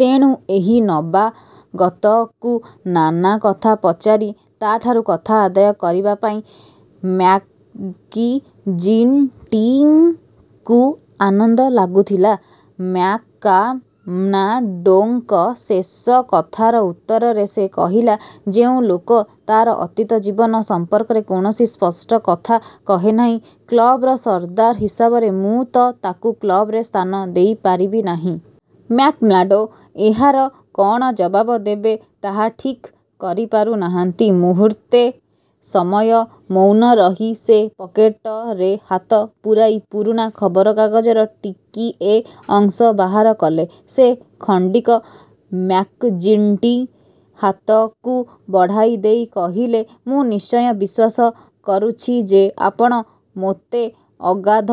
ତେଣୁ ଏହି ନବାଗତକୁ ନାନା କଥା ପଚାରି ତାଠାରୁ କଥା ଆଦାୟ କରିବା ପାଇଁ ମ୍ୟାକ୍ଜିଣ୍ଟିକୁ ଆନନ୍ଦ ଲାଗୁଥିଲା। ମ୍ୟାକ୍ମାର୍ଡ଼ୋଙ୍କ ଶେଷ କଥାର ଉତ୍ତରରେ ସେ କହିଲା, ''ଯେଉଁ ଲୋକ ତାର ଅତୀତ ଜୀବନ ସମ୍ପର୍କରେ କୌଣସି ସ୍ପଷ୍ଟ କଥା କହେ ନାହିଁ, କ୍ଳବର ସର୍ଦ୍ଦାର ହିସାବରେ ମୁଁ ତ ତାକୁ କ୍ଳବରେ ସ୍ଥାନ ଦେଇପାରିବି ନାହିଁ। '' ମ୍ୟାକ୍ମାର୍ଡ଼ୋ ଏହାର କଅଣ ଜବାବ ଦେବେ, ତାହା ଠିକ୍ କରିପାରୁ ନାହାନ୍ତି। ମୁହୂର୍ତ୍ତେ ସମୟ ମୌନ ରହି ସେ ପକେଟରେ ହାତ ପୂରାଇ ପୁରୁଣା ଖବରକାଗଜର ଟିକିଏ ଅଂଶ ବାହାର କଲେ। ସେ ଖଣ୍ଡିକ ମ୍ୟାକ୍ଜିଣ୍ଟି ହାତକୁ ବଢ଼ାଇଦେଇ କହିଲେ, ''ମୁଁ ନିଶ୍ଚୟ ବିଶ୍ୱାସ କରୁଛି ଯେ, ଆପଣ ମୋତେ ଅଗାଧ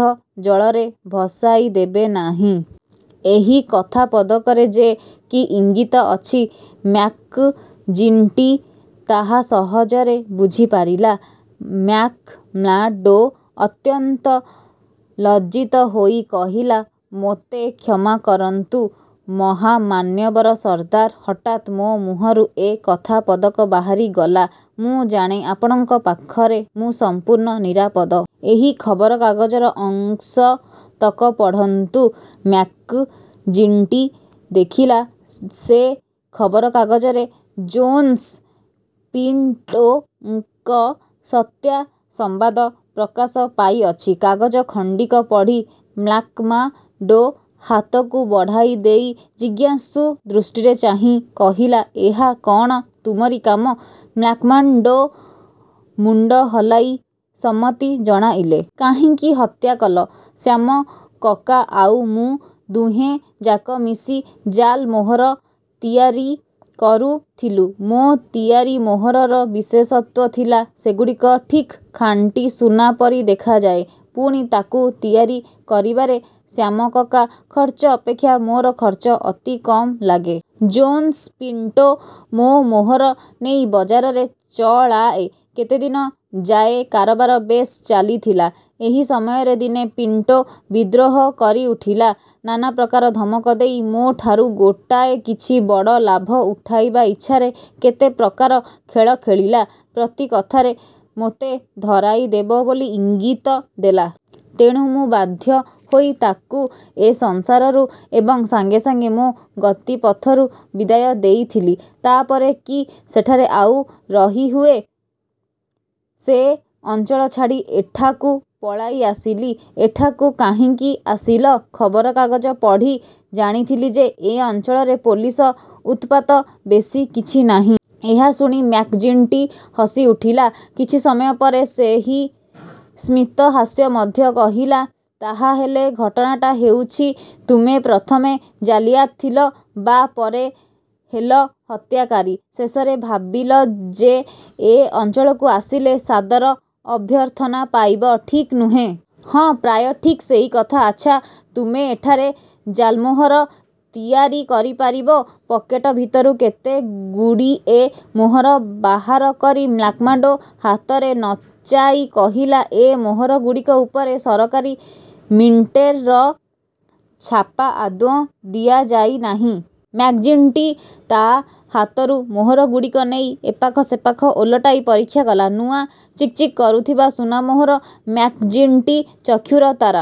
ଜଳରେ ଭସାଇଦେବେ ନାହିଁ। '' ଏହି କଥାପଦକରେ ଯେ କି ଇଙ୍ଗିତ ଅଛି, ମ୍ୟାକ୍ଜିଣ୍ଟି ତାହା ସହଜରେ ବୁଝିପାରିଲା। '' ମ୍ୟାକ୍ମାର୍ଡ଼ୋ ଅତ୍ୟନ୍ତ ଲଜ୍ଜିତ ହୋଇ କହିଲା, ''ମୋତେ କ୍ଷମା କରନ୍ତୁ ମହାମାନ୍ୟବର ସର୍ଦ୍ଦାର! ହଠାତ୍ ମୋ ମୁହଁରୁ ଏ କଥାପଦକ ବାହାରିଗଲା। ମୁଁ ଜାଣେ, ଆପଣଙ୍କ ପାଖରେ ମୁଁ ସମ୍ପୂର୍ଣ୍ଣ ନିରାପଦ। ଏହି ଖବରକାଗଜର ଅଂଶତକ ପଢ଼ନ୍ତୁ। '' ମ୍ୟାକ୍ଜିଣ୍ଟି ଦେଖିଲା, ସେ ଖବରକାଗଜରେ ଜୋନ୍ସ ପିଣ୍ଟୋଙ୍କ ସତ୍ୟା ସମ୍ବାଦ ପ୍ରକାଶପାଇଅଛି। କାଗଜ ଖଣ୍ଡିକ ପଢ଼ି ମ୍ୟାକ୍ମାର୍ଡ଼ୋ ହାତକୁ ବଢ଼ାଇଦେଇ ଜିଜ୍ଞାସୁ ଦୃଷ୍ଟିରେ ଚାହିଁ କହିଲା–''ଏହା କଅଣ ତୁମରି କାମ? '' ମ୍ୟାକ୍ମାର୍ଡ଼ୋ ମୁଣ୍ଡ ହଲାଇ ସମ୍ମତି ଜଣାଇଲେ। ''କାହିଁକି ହତ୍ୟା କଲ? '' ''ଶ୍ୟାମ କକା ଆଉ ମୁଁ–ଦୁହେଁଯାକ ମିଶି ଜାଲମୋହର ତିଆରି କରୁଥିଲୁ। ମୋ ତିଆରି ମୋହରର ବିଶେଷତ୍ୱ ଥିଲା, ସେଗୁଡ଼ିକ ଠିକ୍ ଖାଣ୍ଟି ସୁନା ପରି ଦେଖାଯାଏ। ପୁଣି ତାକୁ ତିଆରି କରିବାରେ ଶ୍ୟାମ କକା ଖର୍ଚ୍ଚ ଅପେକ୍ଷା ମୋର ଖର୍ଚ୍ଚ ଅତି କମ୍ ଲାଗେ। ଜୋନ୍ସ ପିଣ୍ଟୋ ମୋ ମୋହର ନେଇ ବଜାରରେ ଚଳାଏ। କେତେଦିନ ଯାଏ କାରବାର ବେଶ୍ ଚାଲିଥିଲା। ଏହି ସମୟରେ ଦିନେ ପିଣ୍ଟୋ ବିଦ୍ରୋହ କରିଉଠିଲା। ନାନାପ୍ରକାର ଧମକ ଦେଇ ମୋଠାରୁ ଗୋଟାଏ କିଛି ବଡ଼ ଲାଭ ଉଠାଇବା ଇଚ୍ଛାରେ କେତେ ପ୍ରକାର ଖେଳ ଖେଳିଲା। ପ୍ରତି କଥାରେ ମୋତେ ଧରାଇଦେବ ବୋଲି ଇଙ୍ଗିତ ଦେଲା। ତେଣୁ ମୁଁ ବାଧ୍ୟହୋଇ ତାକୁ ଏ ସଂସାରରୁ ଏବଂ ସାଙ୍ଗେସାଙ୍ଗେ ମୋ ଗତିପଥରୁ ବିଦାୟ ଦେଇଥିଲି। ତା ପରେ କି ସେଠାରେ ଆଉ ରହି ହୁଏ! ସେ ଅଞ୍ଚଳ ଛାଡ଼ି ଏଠାକୁ ପଳାଇଆସିଲି। '' ''ଏଠାକୁ କାହିଁକି ଆସିଲ? '' ''ଖବରକାଗଜ ପଢ଼ି ଜାଣିଥିଲି ଯେ, ଏ ଅଞ୍ଚଳରେ ପୋଲିସ ଉତ୍ପାତ ବେଶି କିଛି ନାହିଁ-। ଏହା ଶୁଣି ମ୍ୟାକ୍ଜିଣ୍ଟି ହସିଉଠିଲା। କିଛି ସମୟ ପରେ ସେହି ସ୍ମିତହାସ୍ୟ ମଧ୍ୟରେ କହିଲା, ''ତାହା ହେଲେ ଘଟଣାଟା ହେଉଛି, ତୁମେ ପ୍ରଥମେ ଜାଲିୟାତ୍ ଥିଲ, ବା ପରେ ହେଲ ହତ୍ୟାକାରୀ। ଶେଷରେ ଭାବିଲ ଯେ, ଏ ଅଞ୍ଚଳକୁ ଆସିଲେ ସାଦର ଅଭ୍ୟର୍ଥନା ପାଇବ। ଠିକ୍ ନୁହେଁ? '' ''ହଁ, ପ୍ରାୟ ଠିକ୍ ସେଇ କଥା। '' ''ଆଚ୍ଛା, ତୁମେ ଏଠାରେ ଜାଲ୍ମୋହର ତିଆରି କରିପାରିବ? '' ପକେଟ ଭିତରୁ କେତେଗୁଡ଼ିଏ ମୋହର ବାହାର କରି ମ୍ୟାକ୍ମାର୍ଡ଼ୋ ହାତରେ ନଚାଇ କହିଲା, ''ଏ ମୋହରଗୁଡ଼ିକ ଉପରେ ସରକାରୀ ମିଣ୍ଟେର ଛାପା ଆଦୌ ଦିଆଯାଇ ନାହିଁ। '' ମ୍ୟାକ୍ଜିଣ୍ଟି ତା ହାତରୁ ମୋହରଗୁଡ଼ିକ ନେଇ ଏପାଖ ସେପାଖ ଓଲଟାଇ ପରୀକ୍ଷା କଲା। ନୂଆ ଚିକ୍ଚିକ୍ କରୁଥିବା ସୁନାମୋହର। ମ୍ୟାକ୍ଜିଣ୍ଟି ଚକ୍ଷୁର ତାରା